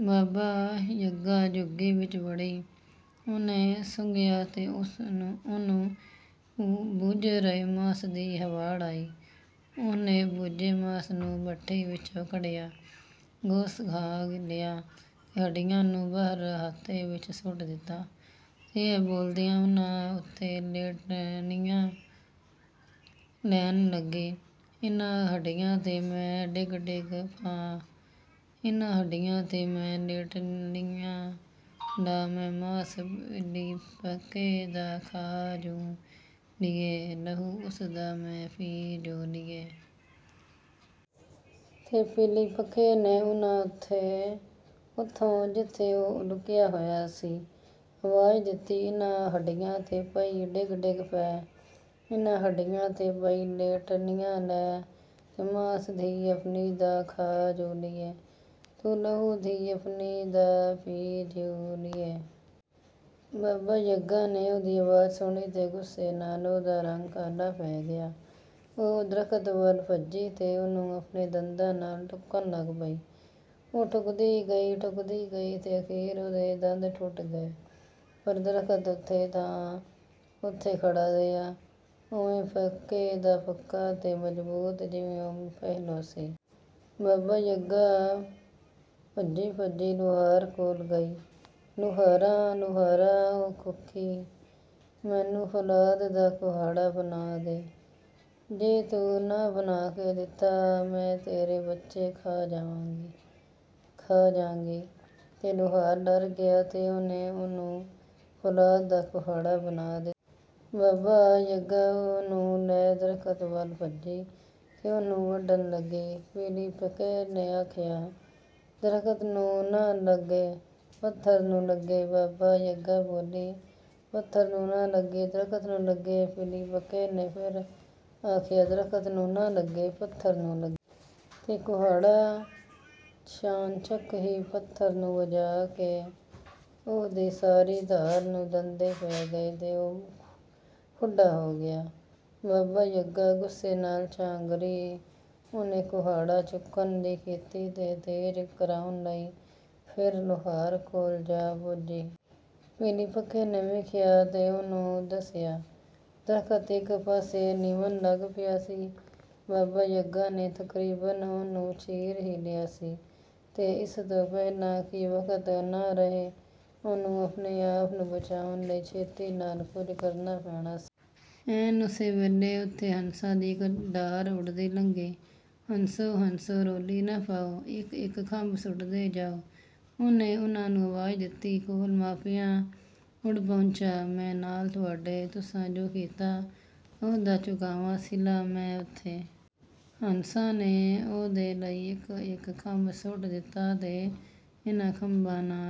ਬਾਬਾ-ਯਗਾ ਝੁੱਗੀ ਵਿੱਚ ਵੜੀ। ਉਹਨੇ ਸੁੰਘਿਆ ਤੇ ਉਹਨੂੰ ਭੁੱਜ ਰਹੇ ਮਾਸ ਦੀ ਹਵਾੜ ਆਈ। ਉਹਨੇ ਭੁੱਜੇ ਮਾਸ ਨੂੰ ਭੱਠੀ ਵਿਚੋਂ ਕੱਢਿਆ, ਗੋਸ਼ਤ ਖਾ ਲਿਆ ਤੇ ਹੱਡੀਆਂ ਨੂੰ ਬਾਹਰ ਹਾਤੇ ਵਿੱਚ ਸੁੱਟ ਦਿੱਤਾ, ਤੇ ਇਹ ਬੋਲਦਿਆਂ ਉਹਨਾਂ ਉੱਤੇ ਲੇਟਣੀਆਂ ਲੈਣ ਲੱਗੀ, "ਇਹਨਾਂ ਹੱਡੀਆਂ 'ਤੇ ਮੈਂ ਡਿਗ-ਡਿਗ ਪਾਂ, ਇਹਨਾਂ ਹੱਡੀਆਂ 'ਤੇ ਮੈਂ ਲੇਟਣੀਆਂ ਲਾਂ, ਮੈਂ ਮਾਸ ਪਿਲੀਪਕੇ ਦਾ ਖਾ ਜੁ ਲਿਏ, ਲਹੂ ਓਸ ਦਾ ਮੈਂ ਪੀ ਜੁ ਲਿਐ।"। ਤੇ ਪਿਲੀਪਕੇ ਨੇ ਉਹਨੂੰ ਓਥੋਂ, ਜਿੱਥੇ ਉਹ ਲੁਕਿਆ ਹੋਇਆ ਸੀ, ਆਵਾਜ਼ ਦਿੱਤੀ, "ਇਹਨਾਂ ਹੱਡੀਆਂ 'ਤੇ ਪਈ ਡਿਗ-ਡਿਗ ਪੈ, ਇਹਨਾਂ ਹੱਡੀਆਂ 'ਤੇ ਪਈ ਲੇਟਣੀਆਂ ਲੈ, ਤੇ ਮਾਸ ਧੀ ਆਪਣੀ ਦਾ ਖਾ ਜੁ ਲਿਐ, ਤੂੰ ਲਹੂ ਧੀ ਆਪਣੀ ਦਾ ਪੀ ਜੁ ਲਿਐ।" ਬਾਬਾ-ਯਗਾ ਨੇ ਉਹਦੀ ਆਵਾਜ਼ ਸੁਣੀ ਤੇ ਗੁੱਸੇ ਨਾਲ ਉਹਦਾ ਰੰਗ ਕਾਲਾ ਪੈ ਗਿਆ। ਉਹ ਦਰਖ਼ਤ ਵੱਲ ਭੱਜੀ ਤੇ ਉਹਨੂੰ ਆਪਣੇ ਦੰਦਾਂ ਨਾਲ ਟੁੱਕਣ ਲੱਗ ਪਈ। ਉਹ ਟੁੱਕਦੀ ਗਈ, ਟੁੱਕਦੀ ਗਈ ਤੇ ਅਖ਼ੀਰ ਉਹਦੇ ਦੰਦ ਟੁੱਟ ਗਏ, ਪਰ ਦਰਖ਼ਤ ਓਥੇ ਦਾ ਓਥੇ ਖੜ੍ਹਾ ਰਿਹਾ, ਉਵੇਂ ਪੱਕੇ ਦਾ ਪੱਕਾ ਤੇ ਮਜ਼ਬੂਤ, ਜਿਵੇਂ ਉਹ ਪਹਿਲੋਂ ਸੀ। ਬਾਬਾ-ਯਗਾ ਭੱਜੀ-ਭੱਜੀ ਲੁਹਾਰ ਕੋਲ ਗਈ। "ਲੁਹਾਰਾ, ਲੁਹਾਰਾ," ਉਹ ਕੂਕੀ, "ਮੈਨੂੰ ਫ਼ੌਲਾਦ ਦਾ ਕੁਹਾੜਾ ਬਣਾ ਦੇ! ਜੇ ਤੂੰ ਨਾ ਬਣਾ ਕੇ ਦਿੱਤਾ, ਮੈਂ ਤੇਰੇ ਬੱਚੇ ਖਾ ਜਾਂਗੀ।" ਤੇ ਲੁਹਾਰ ਡਰ ਗਿਆ ਤੇ ਉਹਨੇ ਉਹਨੂੰ ਫ਼ੌਲਾਦ ਦਾ ਕੁਹਾੜਾ ਬਣਾ ਦਿੱਤਾ। ਬਾਬਾ-ਯਗਾ ਉਹਨੂੰ ਲੈ ਦਰਖ਼ਤ ਵੱਲ ਭੱਜੀ ਤੇ ਉਹਨੂੰ ਵੱਢਣ ਲੱਗੀ। ਪਿਲੀਪਕੇ ਨੇ ਆਖਿਆ, "ਦਰਖ਼ਤ ਨੂੰ ਨਾ ਲੱਗੇ, ਪੱਥਰ ਨੂੰ ਲੱਗੇ!" ਬਾਬਾ-ਯਗਾ ਬੋਲੀ, "ਪੱਥਰ ਨੂੰ ਨਾ ਲੱਗੇ, ਦਰਖ਼ਤ ਨੂੰ ਲੱਗੇ!" ਪਿਲੀਪਕੇ ਨੇ ਫੇਰ ਆਖਿਆ, "ਦਰਖ਼ਤ ਨੂੰ ਨਾ ਲੱਗੇ, ਪੱਥਰ ਨੂੰ ਲੱਗੇ!" ਤੇ ਕੁਹਾੜਾ ਚਾਣਚਕ ਹੀ ਪੱਥਰ ਨੂੰ ਵੱਜਾ ਤੇ ਉਹਦੀ ਸਾਰੀ ਧਾਰ ਨੂੰ ਦੰਦੇ ਪੈ ਗਏ ਤੇ ਉਹ ਖੁੰਢਾ ਹੋ ਗਿਆ। ਬਾਬਾ-ਯਗਾ ਗੁੱਸੇ ਨਾਲ ਚਾਂਗਰੀ। ਉਹਨੇ ਕੁਹਾੜਾ ਚੁੱਕਣ ਦੀ ਕੀਤੀ ਤੇ ਤੇਜ਼ ਕਰਾਉਣ ਲਈ ਫੇਰ ਲੁਹਾਰ ਕੋਲ ਜਾ ਪੁੱਜੀ। ਪਿਲੀਪਕੇ ਨੇ ਵੇਖਿਆ ਤੇ ਉਹਨੂੰ ਦਿਸਿਆ, ਦਰਖ਼ਤ ਇਕ ਪਾਸੇ ਨਿਵਣ ਲੱਗ ਪਿਆ ਸੀ। ਬਾਬਾ-ਯਗਾ ਨੇ ਤਕਰੀਬਨ ਉਹਨੂੰ ਚੀਰ ਹੀ ਲਿਆ ਸੀ, ਤੇ ਇਸ ਤੋਂ ਪਹਿਲਾਂ ਕਿ ਵਕਤ ਨਾ ਰਹੇ, ਉਹਨੂੰ ਆਪਣੇ ਆਪ ਨੂੰ ਬਚਾਉਣ ਲਈ ਛੇਤੀ ਨਾਲ ਕੁਝ ਕਰਨਾ ਪੈਣਾ ਸੀ। ਐਨ ਓਸੇ ਵੇਲੇ ਉੱਤੋਂ ਹੰਸਾਂ ਦੀ ਇਕ ਡਾਰ ਉੱਡਦੀ ਲੰਘੀ। "ਹੰਸੋ, ਹੰਸੋ, ਰੌਲੀ ਨਾ ਪਾਉ, ਇਕ-ਇਕ ਖੰਭ ਸੁੱਟਦੇ ਜਾਉ," ਉਹਨੇ ਉਹਨਾਂ ਨੂੰ ਆਵਾਜ਼ ਦਿੱਤੀ। "ਕੋਲ ਮਾਪਿਆਂ ਉੱਡ ਪਹੁੰਚਾਂ, ਮੈਂ ਨਾਲ ਤੁਹਾਡੇ; ਤੁਸਾਂ ਜੁ ਕੀਤਾ, ਉਹਦਾ ਚੁਕਾਵਾਂ ਸਿਲਾ ਮੈਂ ਓਥੇ।" ਹੰਸਾਂ ਨੇ ਉਹਦੇ ਲਈ ਇਕ-ਇਕ ਖੰਭ ਸੁੱਟ ਦਿੱਤਾ, ਤੇ ਇਹਨਾਂ ਖੰਭਾਂ ਨਾਲ